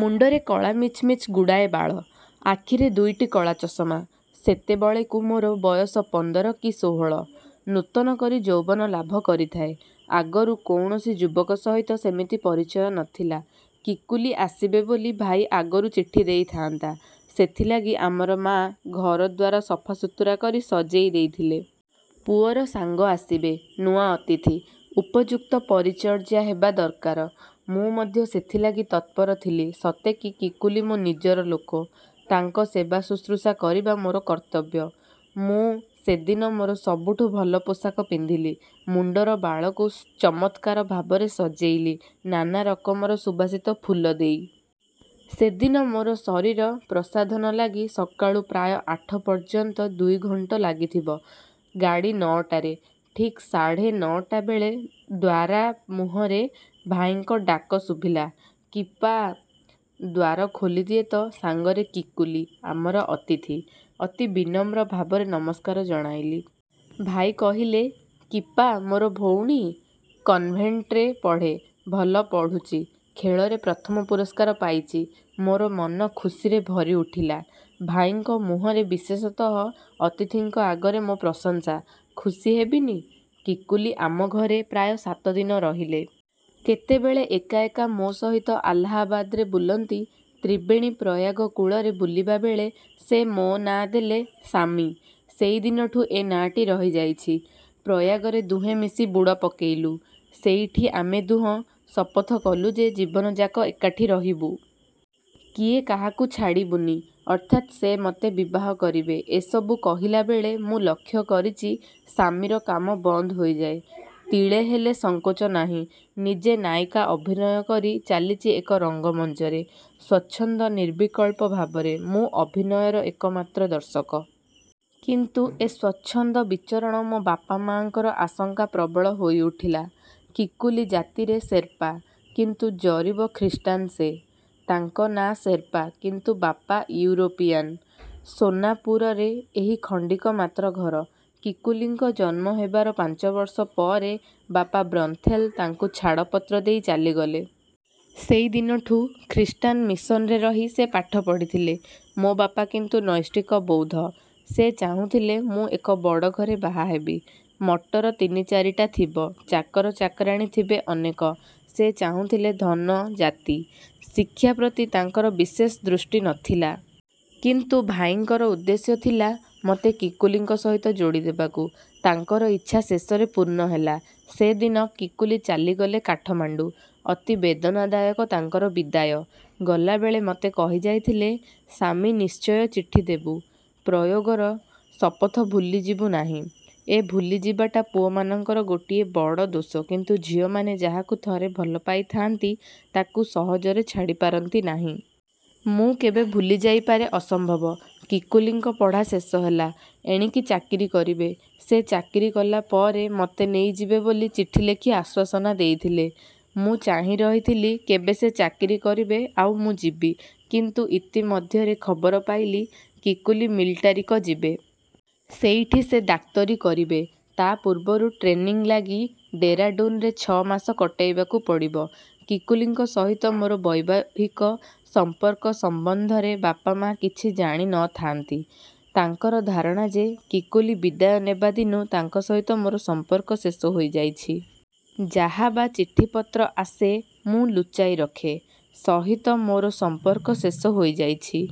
ମୁଣ୍ଡରେ କଳା Mitch Mitch ଗୁଡ଼ାଏ ବାଳ। ଆଖିରେ ଦୁଇଟି କଳା ଚଷମା। ସେତେବଳେକୁ ମୋର ବୟସ ପନ୍ଦର କି ଷୋହଳ। ନୂତନ କରି ଯୌବନ ଲାଭ କରିଥାଏ-ଆଗରୁ କୌଣସି ଯୁବକ ସହିତ ସେମିତି ପରିଚୟ ନ ଥିଲା। କିକୁଲି ଆସିବେ ବୋଲି ଭାଇ ଆଗରୁ ଚିଠି ଦେଇଥାଆନ୍ତା; ସେଥିଲାଗି ଆମର ମା ଘରଦ୍ୱାର ସଫାସୁତୁରା କରି ସଜେଇ ଦେଇଥିଲେ। ପୁଅର ସାଙ୍ଗ ଆସିବେ-ନୂଆ ଅତିଥି। ଉପଯୁକ୍ତ ପରିଚର୍ଯ୍ୟା ହେବା ଦରକାର। ମୁଁ ମଧ୍ୟ ସେଥିଲାଗି ତତ୍ପର ଥିଲି ସତେ କି କିକୁଲି ମୋ ନିଜର ଲୋକ! ତାଙ୍କ ସେବା ଶୁଶ୍ରୁଷା କରିବା ମୋର କର୍ତ୍ତବ୍ୟ! ମୁଁ ସେଦିନ ମୋର ସବୁଠୁ ଭଲ ପୋଷାକ ପିନ୍ଧିଲି। ମୁଣ୍ଡର ବାଳକୁ ଚମତ୍କାର ଭାବରେ ସଜେଇଲି ନାନା ରକମର ସୁବାସିତ ଫୁଲ ଦେଇ। ସେଦିନ ମୋର ଶରୀର ପ୍ରସାଧନ ଲାଗି ସକାଳୁ ପ୍ରାୟ ଆଠ ପର୍ଯ୍ୟନ୍ତ ଦୁଇ ଘଣ୍ଟ ଲାଗିଥିବ। ଗାଡ଼ି ନଅଟାରେ। ଠିକ୍ ସାଢ଼େ ନଅଟା ବେଳେ ଦ୍ୱାରା ମୁହଁରେ ଭାଇଙ୍କ ଡ଼ାକ ଶୁଭିଲା-କିପା-। ଦ୍ୱାର ଖୋଲିଦିଏ ତ ସାଙ୍ଗରେ କିକୁଲି-ଆମର ଅତିଥି। ଅତି ବିନମ୍ର ଭାବରେ ନମସ୍କାର ଜଣାଇଲି। ଭାଇ କହିଲେ-କିପା ମୋର ଭଉଣୀ। କନ୍ଭେଣ୍ଟରେ ପଢ଼େ। ଭଲ ପଢ଼ୁଚି। ଖେଳରେ ପ୍ରଥମ ପୁରସ୍କାର ପାଇଚି। ମୋର ମନ ଖୁସିରେ ଭରି ଉଠିଲା। ଭାଇଙ୍କ ମୁହଁରେ ବିଶେଷତଃ ଅତିଥିଙ୍କ ଆଗରେ ମୋ ପ୍ରଶଂସା। ଖୁସି ହେବିନି? କିକୁଲି ଆମ ଘରେ ପ୍ରାୟ ସାତ ଦିନ ରହିଲେ। କେତେବେଳେ ଏକା ଏକା ମୋ ସହିତ ଆଲାହାବାଦରେ ବୁଲନ୍ତି। ତ୍ରିବେଣୀ ପ୍ରୟାଗ କୂଳରେ ବୁଲିବାବେଳେ ସେ ମୋ ନା ଦେଲେ ଶାମ୍ମି। ସେଇଦିନଠୁଁ ଏ ନାଁଟି ରହିଯାଇଛି। ପ୍ରୟାଗରେ ଦୁହେଁ ମିଶି ବୁଡ଼ ପକେଇଲୁ। ସେଇଠି ଆମେ ଦୁହଁ ଶପଥ କଲୁ ଯେ ଜୀବନଯାକ ଏକାଠି ରହିବୁ। କିଏ କାହାକୁ ଛାଡ଼ିବୁନି। ଅର୍ଥାତ୍ ସେ ମତେ ବିବାହ କରିବେ। ଏ ସବୁ କହିଲାବେଳେ ମୁଁ ଲକ୍ଷ୍ୟ କରିଚି ଶାମ୍ମିର କାମ ବନ୍ଦ ହୋଇଯାଏ। ତିଳେହେଲେ ସଂକୋଚ ନାହିଁ। ନିଜେ ନାୟିକା ଅଭିନୟ କରି ଚାଲିଚି ଏକ ରଙ୍ଗମଞ୍ଚରେ-ସ୍ୱଚ୍ଛନ୍ଦ ନିର୍ବିକଳ୍ପ ଭାବରେ। ମୁଁ ଅଭିନୟର ଏକମାତ୍ର ଦର୍ଶକ। କିନ୍ତୁ ଏ ସ୍ୱଚ୍ଛନ୍ଦ ବିଚରଣ ମୋ ବାପା ମାଆଙ୍କର ଆଶଙ୍କା ପ୍ରବଳ ହୋଇଉଠିଲା। କିକୁଲି ଜାତିରେ ସେର୍ପା, କିନ୍ତୁ ଜରିବ ଖ୍ରୀଷ୍ଟାନ୍ ସେ। ତାଙ୍କ ନା ସେର୍ପା କିନ୍ତୁ ବାପା ଇଉରୋପୀଆନ୍। ସୋନାପୁରରେ ଏହି ଖଣ୍ଡିକ ମାତ୍ର ଘର। କିକୁଲିଙ୍କ ଜନ୍ମ ହେବାର ପାଞ୍ଚବର୍ଷ ପରେ ବାପା ବ୍ରନ୍ଥେଲ୍ ତାଙ୍କୁ ଛାଡ଼ପତ୍ର ଦେଇ ଚାଲିଗଲେ। ସେଇଦିନଠୁଁ ଖ୍ରୀଷ୍ଟାନ ମିସନରେ ରହି ସେ ପାଠ ପଢ଼ିଥିଲେ। ମୋ ବାପା କିନ୍ତୁ ନୈଷ୍ଠିକ ବୌଦ୍ଧ। ସେ ଚାହୁଁଥିଲେ ମୁଁ ଏକ ବଡ଼ ଘରେ ବାହା ହେବି। ମଟର ତିନି ଚାରିଟା ଥିବ। ଚାକର ଚାକରାଣୀ ଥିବେ ଅନେକ। ସେ ଚାହୁଁଥିଲେ ଧନ, ଜାତି। ଶିକ୍ଷା ପ୍ରତି ତାଙ୍କର ବିଶେଷ ଦୃଷ୍ଟି ନ ଥିଲା। କିନ୍ତୁ ଭାଇଙ୍କର ଉଦ୍ଦେଶ୍ୟ ଥିଲା ମତେ କିକୁଲିଙ୍କ ସହିତ ଯୋଡ଼ିଦେବାକୁ। ତାଙ୍କର ଇଚ୍ଛା ଶେଷରେ ପୂର୍ଣ୍ଣ ହେଲା। ସେ ଦିନ କିକୁଲି ଚାଲିଗଲେ କାଠମାଣ୍ଡୁ-ଅତି ବେଦନାଦାୟକ ତାଙ୍କର ବିଦାୟ। ଗଲାବେଳେ ମତେ କହିଯାଇଥିଲେ ଶାମ୍ମି ନିଶ୍ଚୟ ଚିଠି ଦେବୁ। ପ୍ରୟୋଗର ଶପଥ ଭୁଲିଯିବୁ ନାହିଁ। ଏ ଭୁଲିଯିବାଟା ପୁଅମାନଙ୍କର ଗୋଟିଏ ବଡ଼ ଦୋଷ କିନ୍ତୁ ଝିଅମାନେ ଯାହାକୁ ଥରେ ଭଲ ପାଇଥାଆନ୍ତି ତାକୁ ସହଜରେ ଛାଡ଼ିପାରନ୍ତି ନାହିଁ। ମୁଁ କେବେ ଭୁଲିଯାଇପାରେ ଅସମ୍ଭବ। କିକୁଲିଙ୍କ ପଢ଼ା ଶେଷ ହେଲା। ଏଣିକି ଚାକିରୀ କରିବେ। ସେ ଚାକିରୀ କଲା ପରେ ମତେ ନେଇଯିବେ ବୋଲି ଚିଠି ଲେଖି ଆଶ୍ୱାସନା ଦେଇଥିଲେ। ମୁଁ ଚାହିଁ ରହିଥିଲି କେବେ ସେ ଚାକିରୀ କରିବେ ଆଉ ମୁଁ ଯିବି। କିନ୍ତୁ ଇତିମଧ୍ୟରେ ଖବର ପାଇଲି କିକୁଲି ମିଲଟାରୀକ ଯିବେ। ସେଇଠି ସେ ଡାକ୍ତରୀ କରିବେ। ତା ପୂର୍ବରୁ ଟ୍ରେନିଂ ଲାଗି ଡେରାଡ଼ୁନରେ ଛଅ ମାସ କଟେଇବାକୁ ପଡ଼ିବ। କିକୁଲିଙ୍କ ସହିତ ମୋର ବୈବାହିକ ସଂପର୍କ ସମ୍ୱନ୍ଧରେ ବାପା ମା କିଛି ଜାଣି ନ ଥାଆନ୍ତି। ତାଙ୍କର ଧାରଣା ଯେ କିକୁଲି ବିଦାୟ ନେବା ଦିନୁ ତାଙ୍କ ସହିତ ମୋର ସମ୍ପର୍କ ଶେଷ ହୋଇଯାଇଛି। ଯାହା ବା ଚିଠିପତ୍ର ଆସେ ମୁଁ ଲୁଚାଇ ରଖେ। ସହିତ ମୋର ସମ୍ପର୍କ ଶେଷ ହୋଇଯାଇଛି।